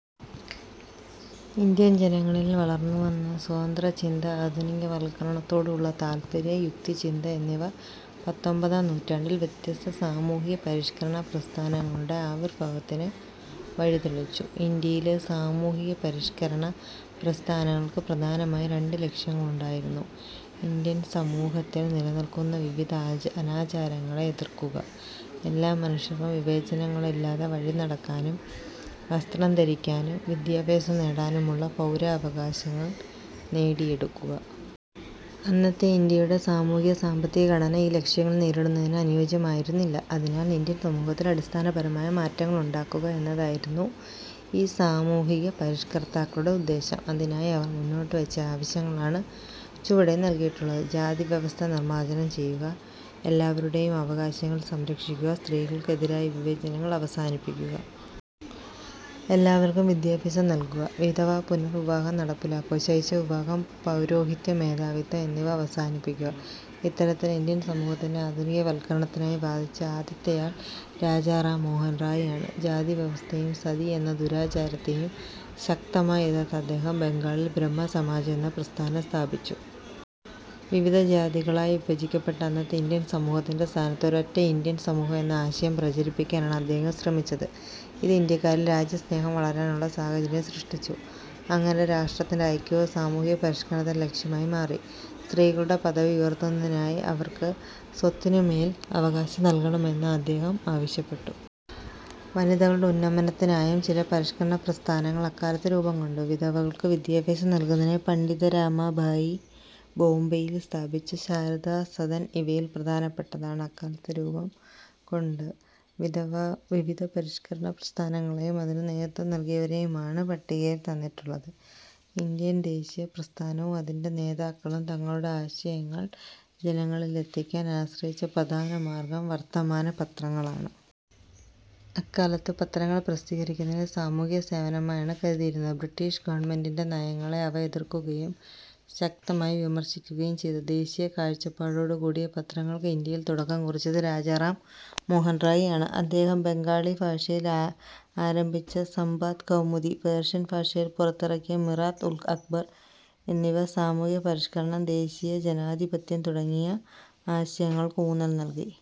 Indian ജനങ്ങളിൽ വളർന്നുവന്ന സ്വതന്ത്രചിന്ത, ആധുനികവൽക്കരണത്തോടുള്ള താൽപ്പര്യം, യുക്തിചിന്ത എന്നിവ പത്തൊൻപതാം നൂറ്റാണ്ടിൽ വ്യത്യസ്ത സാമൂഹികപരിഷ്കരണ പ്രസ്ഥാനങ്ങളുടെ ആവിർഭാവത്തിന് വഴി തെളിച്ചു. ഇന്ത്യയിലെ സാമൂഹികപരിഷ്കരണ പ്രസ്ഥാനങ്ങൾക്ക് പ്രധാനമായും രണ്ടു ലക്ഷ്യങ്ങളുണ്ടായിരുന്നു. ഇന്ത്യൻ സമൂഹത്തിൽ നിലനിൽക്കുന്ന വിവിധ അനാചാരങ്ങളെ എതിർക്കുക. എല്ലാ മനുഷ്യർക്കും വിവേചനങ്ങളില്ലാതെ വഴിനടക്കാനും വസ്ത്രം ധരിക്കാനും വിദ്യാഭ്യാസം നേടാനുമുള്ള പൗരാവകാശങ്ങൾ നേടിയെടുക്കുക. അന്നത്തെ ഇന്ത്യയുടെ സാമൂഹിക-സാമ്പത്തിക ഘടന ഈ ലക്ഷ്യങ്ങൾ നേടുന്നതിന് അനുയോജ്യമായിരുന്നില്ല. അതിനാൽ ഇന്ത്യൻ സമൂഹത്തിൽ അടിസ്ഥാനപരമായ മാറ്റങ്ങളുണ്ടാക്കുക എന്നതായിരുന്നു ഈ സാമൂഹിക പരിഷ്കർത്താക്കളുടെ ഉദ്ദേശ്യം. അതിനായി അവർ മുന്നോട്ടുവച്ച ആവശ്യങ്ങളാണ് ചുവടെ നൽകിയിട്ടുള്ളത്. ജാതിവ്യവസ്ഥ നിർമാർജനം ചെയ്യുക. എല്ലാവരുടെയും അവകാശങ്ങൾ സംരക്ഷിക്കുക. സ്ത്രീകൾക്ക് എതിരായ വിവേചനങ്ങൾ അവസാനിപ്പിക്കുക. എല്ലാവർക്കും വിദ്യാഭ്യാസം നൽകുക. വിധവാ പുനർവിവാഹം നടപ്പിലാക്കുക. ശൈശവ വിവാഹം, പൗരോഹിത്യ മേധാവിത്വം എന്നിവ അവസാനിപ്പിക്കുക. ഇത്തരത്തിൽ ഇന്ത്യൻ സമൂഹത്തിന്റെ ആധുനികവൽക്കരണത്തിനായി വാദിച്ച ആദ്യത്തെയാൾ രാജാ റാം മോഹൻ റായ് ആണ്. ജാതിവ്യവസ്ഥയെയും 'സതി' എന്ന ദുരാചാരത്തെയും ശക്തമായി എതിർത്ത അദ്ദേഹം ബംഗാളിൽ "ബ്രഹ്മസമാജം' എന്ന പ്രസ്ഥാനം സ്ഥാപിച്ചു. വിവിധ ജാതികളായി വിഭജിക്കപ്പെട്ട അന്നത്തെ ഇന്ത്യൻ സമൂഹത്തിന്റെ സ്ഥാനത്ത് ഒരൊറ്റ ഇന്ത്യൻ സമൂഹം എന്ന ആശയം പ്രചരിപ്പിക്കാനാണ് അദ്ദേഹം ശ്രമിച്ചത്. ഇത് ഇന്ത്യക്കാരിൽ രാജ്യസ്നേഹം വളരാനുള്ള സാഹചര്യം സൃഷ്ടിച്ചു. അങ്ങനെ രാഷ്ട്രത്തിന്റെ ഐക്യവും സാമൂഹികപരിഷ്കരണത്തിന്റെ ലക്ഷ്യമായി മാറി. സ്ത്രീകളുടെ പദവി ഉയർത്തുന്നതിനായി അവർക്ക് സ്വത്തിനുമേൽ അവകാശം നൽകണമെന്ന് അദ്ദേഹം ആവശ്യപ്പെട്ടു. വനിതകളുടെ ഉന്നമനത്തിനായും ചില പരിഷ്കരണപ്രസ്ഥാനങ്ങൾ അക്കാലത്ത് രൂപംകൊണ്ടു. വിധവകൾക്ക് വിദ്യാഭ്യാസം നൽകുന്നതിനായി പണ്ഡിത രമാബായി ബോംബെയിൽ സ്ഥാപിച്ച ശാരദാ സദൻ ഇവയിൽ പ്രധാനപ്പെട്ടതാണ്. അക്കാലത്ത് രൂപം കൊണ്ട് വിവിധ പരി ഷ്കരണ പ്രസ്ഥാനങ്ങളെയും അതിന് നേതൃത്വം നൽകിയവരെയുമാണ് പട്ടികയിൽ തന്നിട്ടുള്ളത്. ഇന്ത്യൻ ദേശീയപ്രസ്ഥാനവും അതിന്റെ നേതാക്കളും തങ്ങളുടെ ആശയങ്ങൾ ജനങ്ങളിലെത്തിക്കാൻ ആശ്രയിച്ച പ്രധാനമാർഗം വർത്തമാനപത്രങ്ങളാണ്. അക്കാലത്ത് പത്രങ്ങൾ പ്രസിദ്ധീകരിക്കുന്നത് സാമൂഹികസേവനമായാണ് കരുതിയിരുന്നത്. ബ്രിട്ടീഷ് ഗവൺമെന്റിന്റെ നയങ്ങളെ അവ എതിർക്കുകയും ശക്തമായി വിമർശിക്കുകയും ചെയ്തു. ദേശീയ കാഴ്ചപ്പാടോടുകൂടിയ പത്രങ്ങൾക്ക് ഇന്ത്യയിൽ തുടക്കം കുറിച്ചത് രാജാറാം മോഹൻ റായ് ആണ്. അദ്ദേഹം ബംഗാളി ഭാഷയിൽ ആരംഭിച്ച "സംബാദ് കൗമുദി', പേർഷ്യൻ ഭാഷയിൽ പുറത്തിറക്കിയ "മിറാത് ഉൽ അക്ബർ എന്നിവ സാമൂഹികപരിഷ്കരണം, ദേശീയത, ജനാധിപത്യം തുടങ്ങിയ ആശയങ്ങൾക്ക് ഊന്നൽ നൽകി.